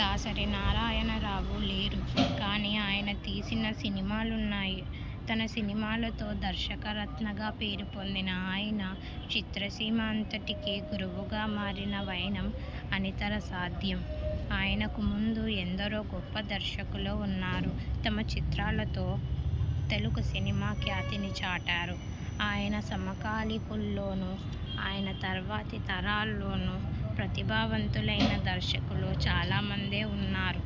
దాసరి నారాయణరావు లేరు. కానీ ఆయన తీసిన సినిమాలున్నాయి. తన సినిమాలతో 'దర్శకరత్న'గా పేరుపొందిన ఆయన, చిత్రసీమ అంతటికీ గురువుగా మారిన వైనం అనితర సాధ్యం. ఆయనకు ముందు ఎందరో గొప్ప దర్శకులు ఉన్నారు. తమ చిత్రాలతో తెలుగు సినిమా ఖ్యాతిని చాటారు. ఆయన సమకాలికుల్లోనూ, ఆయన తర్వాతి తరాల్లోనూ ప్రతిభావంతులైన దర్శకులు చాలా మందే ఉన్నారు.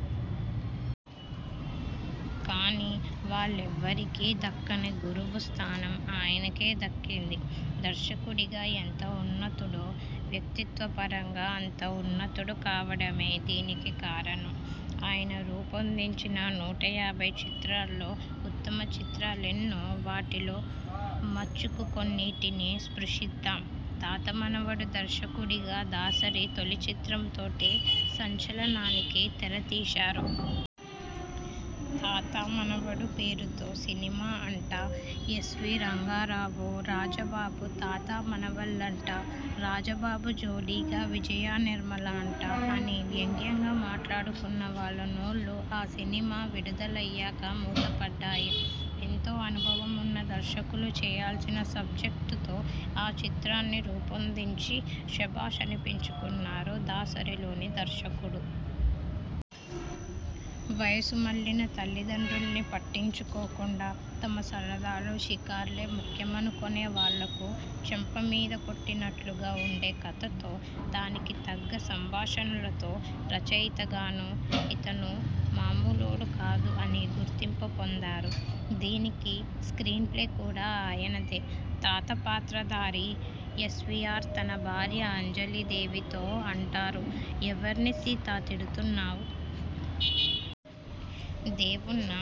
కానీ వాళ్లెవరికీ దక్కని గురువు స్థానం ఆయనకే దక్కింది. దర్శకుడిగా ఎంత ఉన్నతుడో, వ్యక్తిత్వపరంగా అంత ఉన్నతుడు కావడమే దీనికి కారణం. ఆయన రూపొందించిన నూట యాభై చిత్రాల్లో ఉత్తమ చిత్రాలెన్నో వాటిలో మచ్చుకు కొన్నింటిని స్పృశిద్దాం. తాత మనవడు దర్శకుడిగా దాసరి తొలి చిత్రంతోటే సంచలనానికి తెరతీశారు. 'తాత మనవడు' పేరుతో సినిమా అంట ఎస్వీ రంగారావు, రాజబాబు తాతా మనవళ్లంట రాజబాబు జోడీగా విజయనిర్మల అంట అని వ్యంగ్యంగా మాట్లాడుకున్నవాళ్ల నోళ్లు ఆ సినిమా విడుదలయ్యాక మూతపడ్డాయి. ఎంతో అనుభవం ఉన్న దర్శకులు చేయాల్సిన సబ్జెక్టుతో ఆ చిత్రాన్ని రూపొందించి శభాష్ అనిపించుకున్నారు దాసరిలోని దర్శకుడు. వయసుమళ్లిన తల్లిదండ్రుల్ని పట్టించుకోకుండా, తమ సరదాలు, షికార్లే ముఖ్యమనుకొనేవాళ్లకు చెంపమీద కొట్టినట్లుగా ఉండే కథతో, దానికి తగ్గ సంభాషణలతో రచయితగానూ 'ఇతను మామూలోడు కాదు' అని గుర్తింపు పొందారు. దీనికి స్క్రీన్ ప్లే కూడా ఆయనదే. తాత పాత్రధారి ఎస్వీఆర్ తన భార్య అంజలీదేవితో అంటారు ''ఎవర్ని సీతా తిడుతున్నావ్! దేవుడ్నా!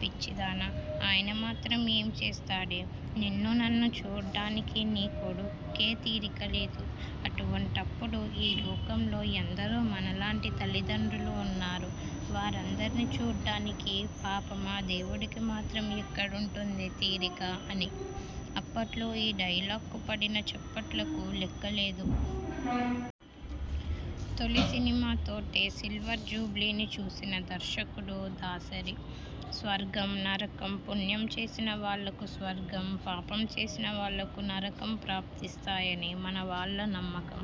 పిచ్చిదానా! ఆయన మాత్రం ఏం చేస్తాడే! నిన్నూ నన్నూ చూడ్డానికి నీ కొడుక్కే తీరిక లేదు! అటువంటప్పుడు ఈ లోకంలో ఎందరో మనలాంటి తల్లిదండ్రులు ఉన్నారు! వారందర్నీ చూడ్డానికి పాపం ఆ దేవుడికి మాత్రం ఎక్కడుంటుందే తీరిక! '' అని. అప్పట్లో ఈ డైలాగ్కు పడిన చప్పట్లకు లెక్కలేదు. తొలి సినిమాతోటే సిల్వర్ జూబ్లీని చూసిన దర్శకుడు దాసరి. స్వర్గం నరకం పుణ్యం చేసిన వాళ్లకు స్వర్గం, పాపం చేసిన వాళ్లకు నరకం ప్రాప్తిస్తాయని మనవాళ్ల నమ్మకం.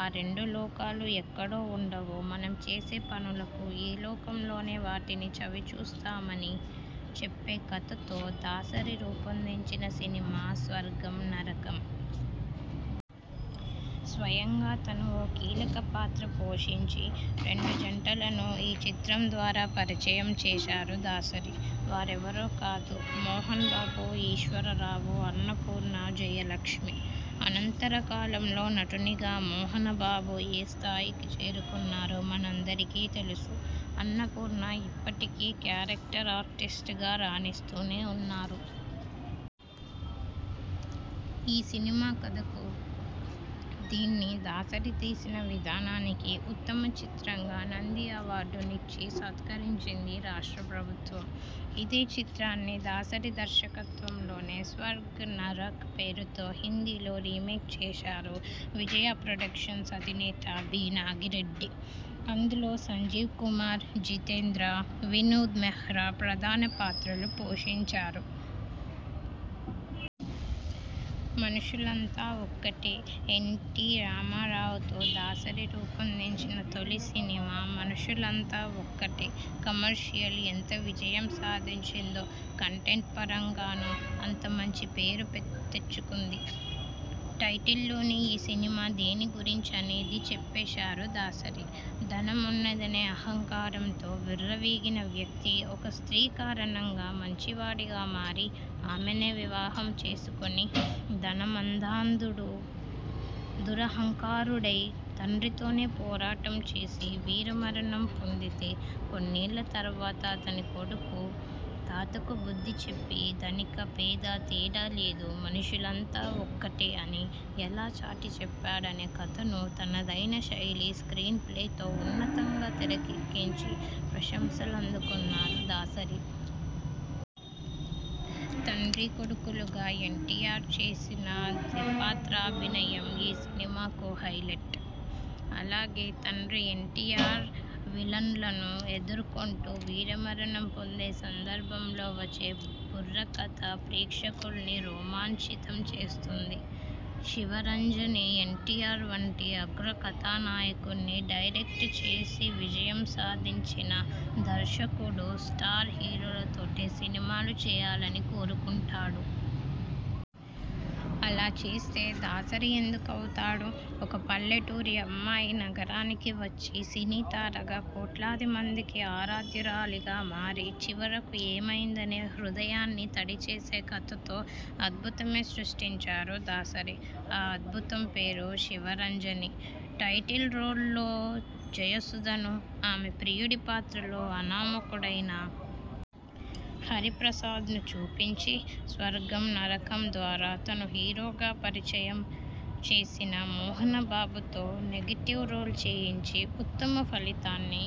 ఆ రెండు లోకాలూ ఎక్కడో ఉండవు, మనం చేసే పనులకు ఈ లోకంలోనే వాటిని చవిచూస్తామని చెప్పే కథతో దాసరి రూపొందించిన సినిమా 'స్వర్గం నరకం'. స్వయంగా తను ఓ కీలక పాత్ర పోషించి, రెండు జంటలను ఈ చిత్రం ద్వారా పరిచయం చేశారు దాసరి. వారెవరో కాదు మోహన్ బాబు, ఈశ్వరరావు, అన్నపూర్ణ, జయలక్ష్మి. అనంతర కాలంలో నటునిగా మోహనబాబు ఏ స్థాయికి చేరుకున్నారో మనందరికీ తెలుసు. అన్నపూర్ణ ఇప్పటికీ క్యారెక్టర్ ఆర్టిస్ట్ గా రాణిస్తూనే ఉన్నారు. ఈ సినిమా కథకు, దీన్ని దాసరి తీసిన విధానానికి ఉత్తమ చిత్రంగా నంది అవార్డునిచ్చి సత్కరించింది రాష్ట్ర ప్రభుత్వం. ఇదే చిత్రాన్ని దాసరి దర్శకత్వంలోనే 'స్వర్గ్ నరక్' పేరుతో హిందీలో రీమేక్ చేశారు విజయా ప్రొడక్షన్స్ అధినేత బి. నాగిరెడ్డి. అందులో సంజీవ్కుమార్, జితేంద్ర, వినోద్ మెహ్రా ప్రధాన పాత్రలు పోషించారు. మనుషులంతా ఒక్కటే ఎన్టీ రామారావుతో దాసరి రూపొందించిన తొలి సినిమా 'మనుషులంతా ఒక్కటే' కమర్షియల్ ఎంత విజయం సాధించిందో, కంటెంట్పరంగానూ అంత మంచి పేరు తెచ్చుకుంది. టైటిల్లోనే ఈ సినిమా దేని గురించనేది చెప్పేశారు దాసరి. ధనం ఉన్నదనే అహంకారంతో విర్రవీగిన వ్యక్తి ఒక స్త్రీ కారణంగా మంచివాడిగా మారి, ఆమెనే వివాహం చేసుకొని, ధన మదాంధుడు, దురహంకారుడై తండ్రితోనే పోరాటం చేసి, వీర మరణం పొందితే, కొన్నేళ్ల తర్వాత అతని కొడుకు తాతకు బుద్ధిచెప్పి, ధనిక పేదా తేడా లేదు 'మనుషులంతా ఒక్కటే' అని ఎలా చాటిచెప్పాడనే కథను తనదైన శైలి స్క్రీన్ ప్లేతో ఉన్నతంగా తెరకెక్కించి ప్రశంసలందుకున్నారు దాసరి. తండ్రీ కొడుకులుగా ఎన్టీఆర్ చేసిన ద్విపాత్రాభినయం ఈ సినిమాకు హైలైట్. అలాగే తండ్రి ఎన్టీఆర్ విలన్లను ఎదుర్కొంటూ వీరమరణం పొందే సందర్భంలో వచ్చే బుర్రకథ ప్రేక్షకుల్ని రోమాంచితం చేస్తుంది. శివరంజని ఎన్టీఆర్ వంటి అగ్ర కథానాయకుడ్ని డైరెక్ట్ చేసి విజయం సాధించిన దర్శకుడు స్టార్ హీరోలతోటే సినిమాలు చేయాలని కోరుకుంటాడు. అలా చేస్తే దాసరి ఎందుకవుతాడు! ఒక పల్లెటూరి అమ్మాయి నగరానికి వచ్చి, సినీ తారగా కోట్లాదిమందికి ఆరాధ్యురాలిగా మారి, చివరకు ఏమయ్యిందనే హృదయాన్ని తడిచేసే కథతో అద్భుతమే సృష్టించారు దాసరి. ఆ అద్భుతం పేరు 'శివరంజని'. టైటిల్ రోల్లో జయసుధను, ఆమె ప్రియుడి పాత్రలో అనామకుడైన హరిప్రసాద్ను చూపించి, 'స్వర్గం నరకం' ద్వారా తను హీరోగా పరిచయం చేసిన మోహనబాబుతో నెగటివ్ రోల్ చేయించి ఉత్తమ ఫలితాన్ని